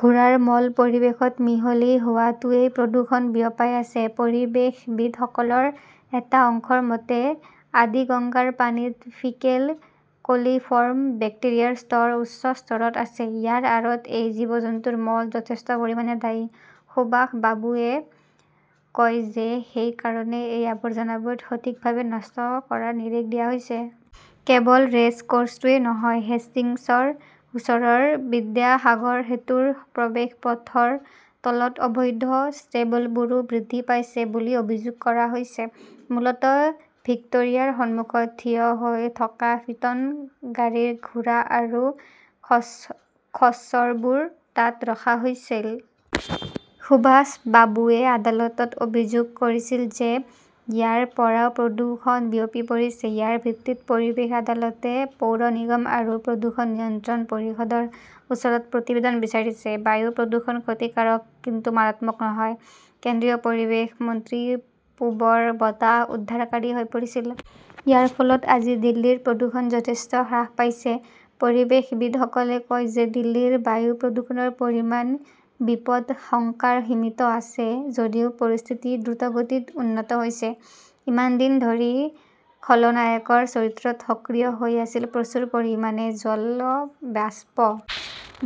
ঘোঁৰাৰ মল পৰিৱেশত মিহলি হোৱাটোৱে প্ৰদূষণ বিয়পাই আছে। পৰিৱেশবিদসকলৰ এটা অংশৰ মতে, আদিগঙ্গাৰ পানীত ফিকেল কলিফৰ্ম বেক্টেৰিয়াৰ স্তৰ উচ্চ স্তৰত আছে। ইয়াৰ আঁৰত এই জীৱ-জন্তুৰ মল যথেষ্ট পৰিমাণে দায়ী। সুভাষ বাবুৱে কয় যে সেই কাৰণে এই আৱৰ্জনাবোৰ সঠিকভাৱে নষ্ট কৰাৰ নিৰ্দেশ দিয়া হৈছে। কেৱল ৰেচ কোৰ্চটোৱেই নহয়, হেষ্টিংছৰ ওচৰৰ বিদ্যাসাগৰ সেতুৰ প্ৰৱেশ পথৰ তলত অবৈধ ষ্টেবলবোৰো বৃদ্ধি পাইছে বুলি অভিযোগ কৰা হৈছে। মূলতঃ ভিক্টোৰিয়াৰ সন্মুখত থিয় হৈ থকা ফিটন গাড়ীৰ ঘোঁৰা আৰু খচ্চৰবোৰ তাত ৰখা হৈছিল। সুভাষ বাবুৱে আদালতত অভিযোগ কৰিছিল যে ইয়াৰ পৰাও প্ৰদূষণ বিয়পি পৰিছে। ইয়াৰ ভিত্তিত পৰিৱেশ আদালতে পৌৰ নিগম আৰু প্ৰদূষণ নিয়ন্ত্ৰণ পৰিষদৰ ওচৰত প্ৰতিবেদন বিচাৰিছে। বায়ু প্ৰদূষণ ক্ষতিকাৰক, কিন্তু মাৰাত্মক নহয়। কেন্দ্ৰীয় পৰিৱেশ মন্ত্ৰী পূবৰ বতাহ উদ্ধাৰকাৰী হৈ পৰিছিল। ইয়াৰ ফলত আজি দিল্লীৰ প্ৰদূষণ যথেষ্ট হ্ৰাস পাইছে। পৰিৱেশবিদসকলে কয় যে দিল্লীৰ বায়ু প্ৰদূষণৰ পৰিমাণ বিপদাশংকাৰ সীমাত আছে যদিও পৰিস্থিতি দ্ৰুতগতিত উন্নত হৈছে। ইমান দিন ধৰি খলনায়কৰ চৰিত্ৰত সক্ৰিয় হৈ আছিল প্ৰচুৰ পৰিমাণে জল বাষ্প।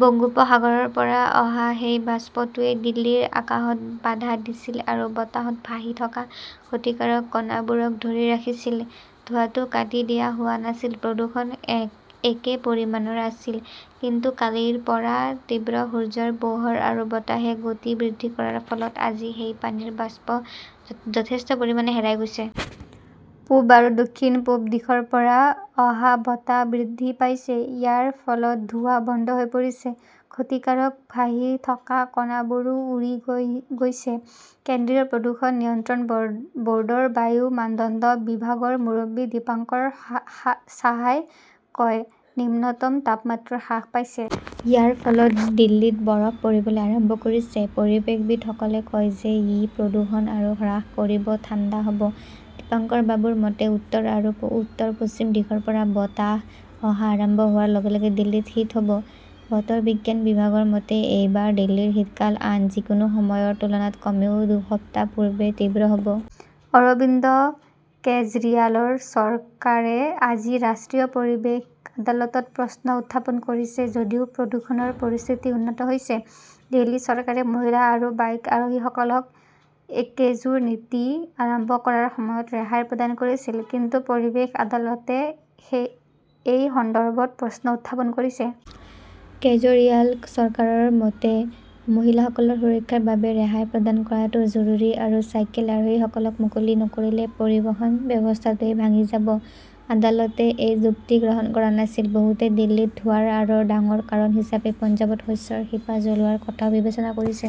বংগোপসাগৰৰ পৰা অহা সেই বাষ্পটোৱে দিল্লীৰ আকাশত বাধা দিছিল আৰু বতাহত ভাহি থকা ক্ষতিকাৰক কণাবোৰক ধৰি ৰাখিছিল। ধোঁৱাটো কাটি দিয়া হোৱা নাছিল। প্ৰদূষণ একে পৰিমাণৰ আছিল। কিন্তু কালিৰ পৰা তীব্ৰ সূৰ্যৰ পোহৰ আৰু বতাহে গতি বৃদ্ধি কৰাৰ ফলত আজি সেই পানীৰ বাষ্প যথেষ্ট পৰিমাণে হেৰাই গৈছে। পূব আৰু দক্ষিণ-পূব দিশৰ পৰা অহা বতাহ বৃদ্ধি পাইছে। ইয়াৰ ফলত ধোঁৱা বন্ধ হৈ পৰিছে। ক্ষতিকাৰক ভাহি থকা কণাবোৰো উৰি গৈছে। কেন্দ্ৰীয় প্ৰদূষণ নিয়ন্ত্ৰণ বৰ্ডৰ বায়ু মানদণ্ড বিভাগৰ মুৰব্বী দীপঙ্কাৰ সাহাই কয়, নিম্নতম তাপমাত্ৰা হ্ৰাস পাইছে। ইয়াৰ ফলত দিল্লীত বৰফ পৰিবলৈ আৰম্ভ কৰিছে। পৰিৱেশবিদসকলে কয় যে ই প্ৰদূষণ আৰু হ্ৰাস কৰিব, ঠাণ্ডা হব। দীপঙ্কাৰবাবুৰ মতে, উত্তৰ আৰু উত্তৰ-পশ্চিম দিশৰ পৰা বতাহ অহা আৰম্ভ হোৱাৰ লগে-লগে দিল্লীত শীত হব। বতৰ বিজ্ঞান বিভাগৰ মতে, এইবাৰ দিল্লীৰ শীতকাল আন যিকোনো সময়ৰ তুলনাত কমেও দুসপ্তাহ পূৰ্বে তীব্ৰ হব। অৰবিন্দ কেজৰিৱালৰ চৰকাৰে আজি ৰাষ্ট্ৰীয় পৰিৱেশ আদালতত প্ৰশ্ন উত্থাপন কৰিছে যদিও প্ৰদূষণৰ পৰিস্থিতি উন্নত হৈছে। দিল্লী চৰকাৰে মহিলা আৰু বাইক আৰোহীসকলক একজোৰ নীতি আৰম্ভ কৰাৰ সময়ত ৰেহাই প্ৰদান কৰিছিল। কিন্তু পৰিৱেশ আদালতে এই সন্দৰ্ভত প্ৰশ্ন উত্থাপন কৰিছে। কেজৰিৱাল চৰকাৰৰ মতে, মহিলাসকলৰ সুৰক্ষাৰ বাবে ৰেহাই প্ৰদান কৰাটো জৰুৰী আৰু চাইকেল আৰোহীসকলক মুকলি নকৰিলে পৰিবহণ ব্যৱস্থাটোৱেই ভাঙি যাব। আদালতে এই যুক্তি গ্ৰহণ কৰা নাছিল। বহুতে দিল্লীত ধোঁৱাৰ আঁৰৰ ডাঙৰ কাৰণ হিচাপে পঞ্জাৱত শস্যৰ শিপা জ্বলোৱাৰ কথাও বিবেচনা কৰিছে।